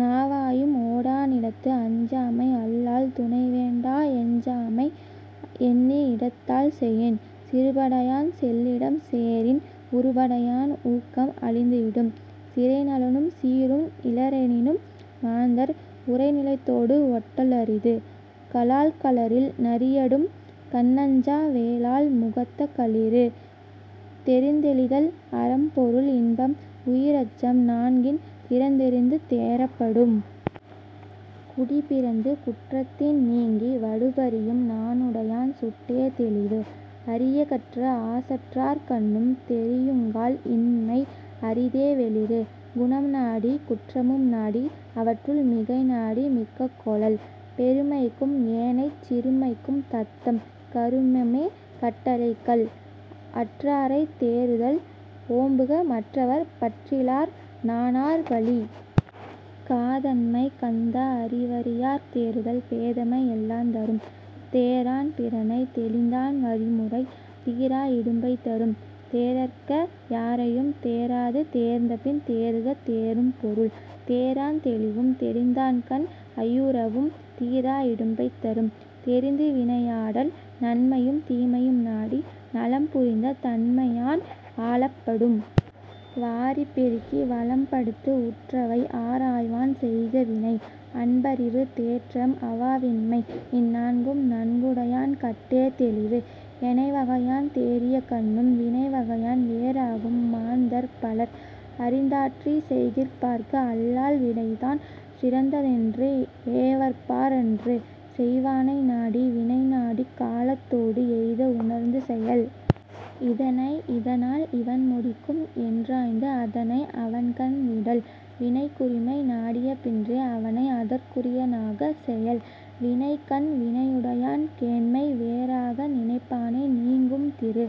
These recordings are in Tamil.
நாவாயும் ஓடா நிலத்து. அஞ்சாமை அல்லால் துணைவேண்டா எஞ்சாமை எண்ணி இடத்தால் செயின். சிறுபடையான் செல்லிடம் சேரின் உறுபடையான் ஊக்கம் அழிந்து விடும். சிறைநலனும் சீரும் இலரெனினும் மாந்தர் உறைநிலத்தோடு ஒட்டல் அரிது. கலாழ் களரில் நரியடும் கண்ணஞ்சா வேலாள் முகத்த களிறு. தெரிந்துதெளிதல் அறம்பொருள் இன்பம் உயிரச்சம் நான்கின் திறந்தெரிந்து தேறப் படும். குடிப்பிறந்து குற்றத்தின் நீங்கி வடுப்பரியும் நாணுடையான் சுட்டே தெளிவு. அரியகற்று ஆசற்றார் கண்ணும் தெரியுங்கால் இன்மை அரிதே வெளிறு. குணம்நாடிக் குற்றமும் நாடி அவற்றுள் மிகைநாடி மிக்க கொளல். பெருமைக்கும் ஏனைச் சிறுமைக்கும் தத்தம் கருமமே கட்டளைக் கல். அற்றாரைத் தேறுதல் ஓம்புக மற்றவர் பற்றிலர் நாணார் பழி. காதன்மை கந்தா அறிவறியார்த் தேறுதல் பேதைமை எல்லாந் தரும். தேரான் பிறனைத் தெளிந்தான் வழிமுறை தீரா இடும்பை தரும். தே றற்க யாரையும் தேராது தேர்ந்தபின் தேறுக தேறும் பொருள். தேரான் தெளிவும் தெளிந்தான்கண் ஐயுறவும் தீரா இடும்பை தரும். தெரிந்துவினையாடல் நன்மையும் தீமையும் நாடி நலம்புரிந்த தன்மையான் ஆளப் படும். வாரி பெருக்கி வளம்படுத்து உற்றவை ஆராய்வான் செய்க வினை. அன்பறிவு தேற்றம் அவாவின்மை இந்நான்கும் நன்குடையான் கட்டே தெளிவு. எனைவகையான் தேறியக் கண்ணும் வினைவகையான் வேறாகும் மாந்தர் பலர். அறிந்தாற்றிச் செய்கிற்பாற்கு அல்லால் வினைதான் சிறந்தானென்று ஏவற்பாற் றன்று. செய்வானை நாடி வினைநாடிக் காலத்தோடு எய்த உணர்ந்து செயல். இதனை இதனால் இவன்முடிக்கும் என்றாய்ந்து அதனை அவன்கண் விடல். வினைக் குரிமை நாடிய பின்றை அவனை அதற்குரிய னாகச் செயல். வினைக்கண் வினையுடையான் கேண்மைவே றாக நினைப்பானை நீங்கும் திரு.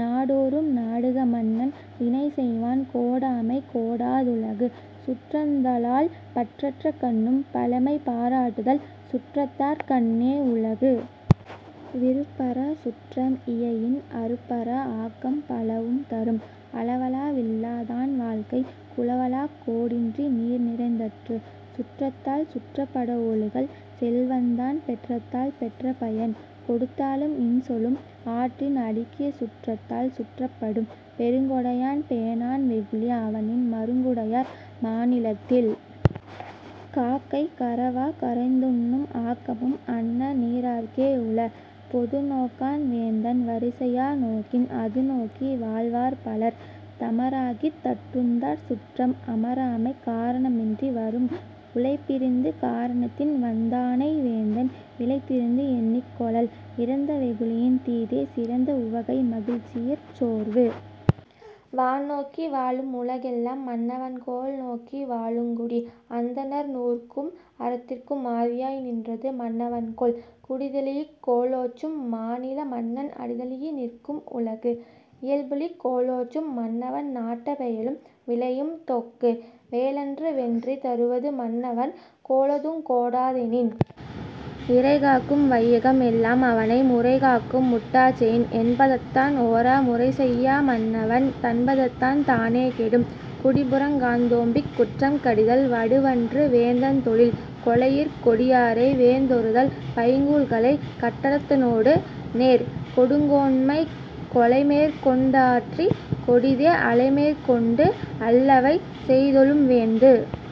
நாடோ றும் நாடுக மன்னன் வினைசெய்வான் கோடாமை கோடா துலகு. சுற்றந்தழால் பற்றற்ற கண்ணும் பழைமைபா ராட்டுதல் சுற்றத்தார் கண்ணே உளகூ விருப்பறாச் சுற்றம் இயையின் அருப்பறா ஆக்கம் பலவும் தரும். அளவளா வில்லாதான் வாழ்க்கை குளவளாக் கோடின்றி நீர்நிறைந் தற்று. சுற்றத்தால் சுற்றப் படஒழுகல் செல்வந்தான் பெற்றத்தால் பெற்ற பயன். கொடுத்தலும் இன்சொலும் ஆற்றின் அடுக்கிய சுற்றத்தால் சுற்றப் படும். பெருங்கொடையான் பேணான் வெகுளி அவனின் மருங்குடையார் மாநிலத்தில் காக்கை கரவா கரைந்துண்ணும் ஆக்கமும் அன்னநீ ரார்க்கே உள. பொதுநோக்கான் வேந்தன் வரிசையா நோக்கின் அதுநோக்கி வாழ்வார் பலர். தமராகிக் தற்றுறந்தார் சுற்றம் அமராமைக் காரணம் இன்றி வரும். உழைப்பிரிந்து காரணத்தின் வந்தானை வேந்தன் இழைத் திருந்து எண்ணிக் கொளல். இறந்த வெகுளியின் தீதே சிறந்த உவகை மகிழ்ச்சியிற் சோர்வு. வானோக்கி வாழும் உலகெல்லாம் மன்னவன் கோல் நோக்கி வாழுங் குடி. அந்தணர் நூற்கும் அறத்திற்கும் ஆதியாய் நின்றது மன்னவன் கோல். குடிதழீஇக் கோலோச்சும் மாநில மன்னன் அடிதழீஇ நிற்கும் உலகு. இயல்புளிக் கோலோச்சும் மன்னவன் நாட்ட பெயலும் விளையும் தொக்கு. வேலன்று வென்றி தருவது மன்னவன் கோலதூஉங் கோடா தெனின். இறைகாக்கும் வையகம் எல்லாம் அவனை முறைகாக்கும் முட்டாச் செயின். எண்பதத்தான் ஓரா முறைசெய்யா மன்னவன் தண்பதத்தான் தானே கெடும். குடிபுறங் காத்தோம்பிக் குற்றம் கடிதல் வடுவன்று வேந்தன் தொழில். கொலையிற் கொடியாரை வேந்தொறுத்தல் பைங்கூழ் களைகட் டதனொடு நேர். கொடுங்கோன்மை கொலைமேற்கொண் டாரிற் கொடிதே அலைமேற்கொண்டு அல்லவை செய்தொழுகும் வேந்து.